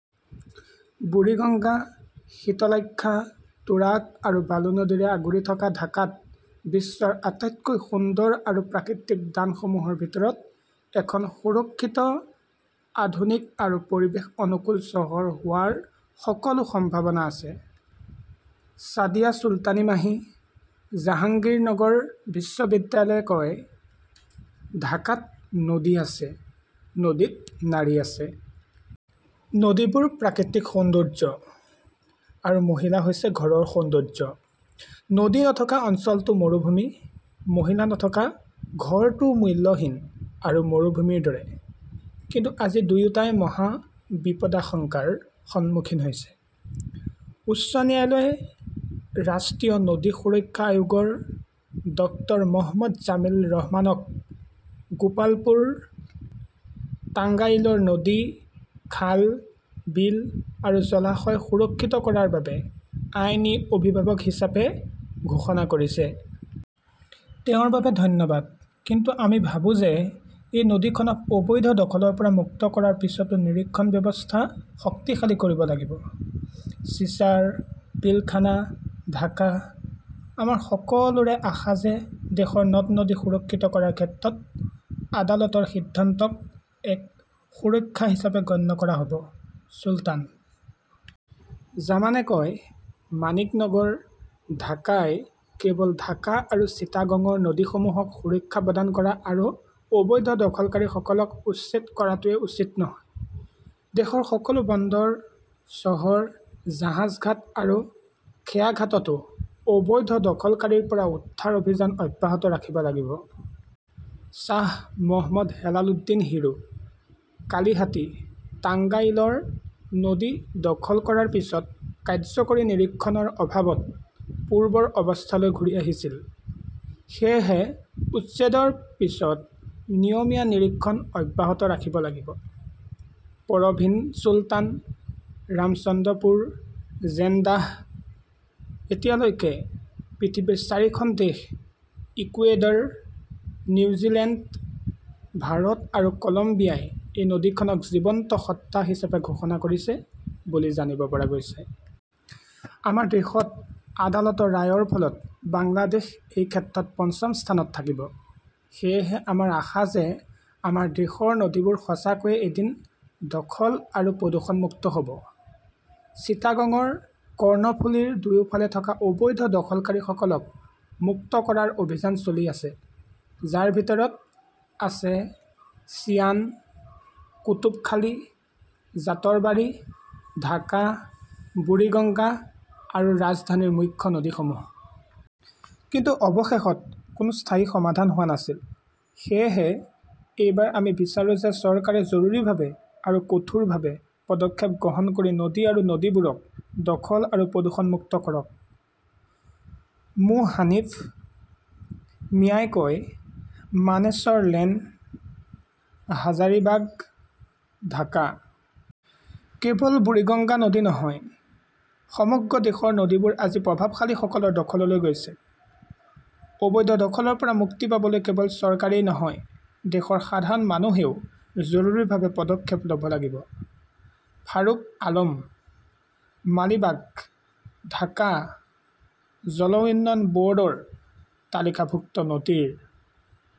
বুৰিগঙ্গা, শীতলাক্ষ্যা, তুৰাগ আৰু বালু নদীৰে আগুৰি থকা ঢাকাত বিশ্বৰ আটাইতকৈ সুন্দৰ আৰু প্ৰাকৃতিক দানসমূহৰ ভিতৰত এখন সুৰক্ষিত, আধুনিক আৰু পৰিৱেশ অনুকূল চহৰ হোৱাৰ সকলো সম্ভাৱনা আছে। ছাদিয়া চুলতানী মাহী, জাহাংগীৰনগৰ বিশ্ববিদ্যালয়ে কয়, ঢাকাত নদী আছে, নদীত নাৰী আছে। নদীবোৰ প্ৰাকৃতিক সৌন্দৰ্য। আৰু মহিলা হৈছে ঘৰৰ সৌন্দৰ্য। নদী নথকা অঞ্চলটো মৰুভূমি। মহিলা নথকা ঘৰটোও মূল্যহীন আৰু মৰুভূমিৰ দৰে। কিন্তু আজি দুয়োটাই মহা বিপদাশংকাৰ সন্মুখীন হৈছে। উচ্চ ন্যায়ালয়ে ৰাষ্ট্ৰীয় নদী সুৰক্ষা আয়োগৰ ডক্টৰ মহম্মদ জামিল ৰহমানক গোপালপুৰ, টাঙ্গাইলৰ নদী, খাল, বিল আৰু জলাশয় সুৰক্ষিত কৰাৰ বাবে আইনী অভিভাৱক হিচাপে ঘোষণা কৰিছে। তেওঁৰ বাবে ধন্যবাদ। কিন্তু আমি ভাবো যে এই নদীখনক অবৈধ দখলৰ পৰা মুক্ত কৰাৰ পিছতো নিৰীক্ষণ ব্যৱস্থা শক্তিশালী কৰিব লাগিব। শ্বিছাৰ, পিলখানা, ঢাকা। আমাৰ সকলোৰে আশা যে দেশৰ নদ নদী সুৰক্ষিত কৰাৰ ক্ষেত্ৰত আদালতৰ সিদ্ধান্তক এক সুৰক্ষা হিচাপে গণ্য কৰা হ'ব। চুলতান জামানে কয়, মানিক নগৰ, ঢাকাই কেৱল ঢাকা আৰু চিটাগংৰ নদীসমূহক সুৰক্ষা প্ৰদান কৰা আৰু অবৈধ দখলকাৰীসকলক উচ্ছেদ কৰাটোৱেই উচিত নহয়। দেশৰ সকলো বন্দৰ চহৰ, জাহাজঘাট আৰু খেয়াঘাটতো অবৈধ দখলকাৰীৰ পৰা উদ্ধাৰ অভিযান অব্যাহত ৰাখিব লাগিব। শ্বাহ মহম্মদ হেলালুদ্দিন হিৰো, কালিহাটি, টাঙ্গাইলৰ নদী দখল কৰাৰ পিছত কাৰ্যকৰী নিৰীক্ষণৰ অভাৱত পূৰ্বৰ অৱস্থালৈ ঘূৰি আহিছিল। সেয়েহে, উচ্ছেদৰ পিছত নিয়মীয়া নিৰীক্ষণ অব্যাহত ৰাখিব লাগিব। পৰভীন চুলতান, ৰামচন্দ্ৰপুৰ, ঝেনদাহ। এতিয়ালৈকে পৃথিৱীৰ চাৰিখন দেশ ইকুৱেডৰ, নিউজিলেণ্ড, ভাৰত আৰু কলম্বিয়াই এই নদীখনক জীৱন্ত সত্তা হিচাপে ঘোষণা কৰিছে বুলি জানিব পৰা গৈছে। আমাৰ দেশত আদালতৰ ৰায়ৰ ফলত বাংলাদেশ এই ক্ষেত্ৰত পঞ্চম স্থানত থাকিব। সেয়েহে আমাৰ আশা যে আমাৰ দেশৰ নদীবোৰ সঁচাকৈয়ে এদিন দখল আৰু প্ৰদূষণমুক্ত হ'ব। চিটাগংৰ কৰ্ণফুলিৰ দুয়োফালে থকা অবৈধ দখলকাৰীসকলক মুক্ত কৰাৰ অভিযান চলি আছে, যাৰ ভিতৰত আছে চিয়ান, কুতুবখালী, জাতৰবাৰী, ঢাকা, বুৰিগঙ্গা আৰু ৰাজধানীৰ মুখ্য নদীসমূহ। কিন্তু অৱশেষত কোনো স্থায়ী সমাধান হোৱা নাছিল। সেয়েহে এইবাৰ আমি বিচাৰো যে চৰকাৰে জৰুৰীভাৱে আৰু কঠোৰভাৱে পদক্ষেপ গ্ৰহণ কৰি নদী আৰু নদীবোৰক দখল আৰু প্ৰদূষণমুক্ত কৰক। মো হানিফ মিয়াই কয়, মানেশ্বৰ লেন, হাজাৰিবাগ, ঢাকা। কেৱল বুৰিগঙ্গা নদী নহয়, সমগ্ৰ দেশৰ নদীবোৰ আজি প্ৰভাৱশালীসকলৰ দখললৈ গৈছে। অবৈধ দখলৰ পৰা মুক্তি পাবলৈ কেৱল চৰকাৰেই নহয়, দেশৰ সাধাৰণ মানুহেও জৰুৰীভাৱে পদক্ষেপ ল'ব লাগিব। ফাৰুক আলম, মালিবাগ, ঢাকা। জল উন্নয়ন ব'ৰ্ডৰ তালিকাভুক্ত নদীৰ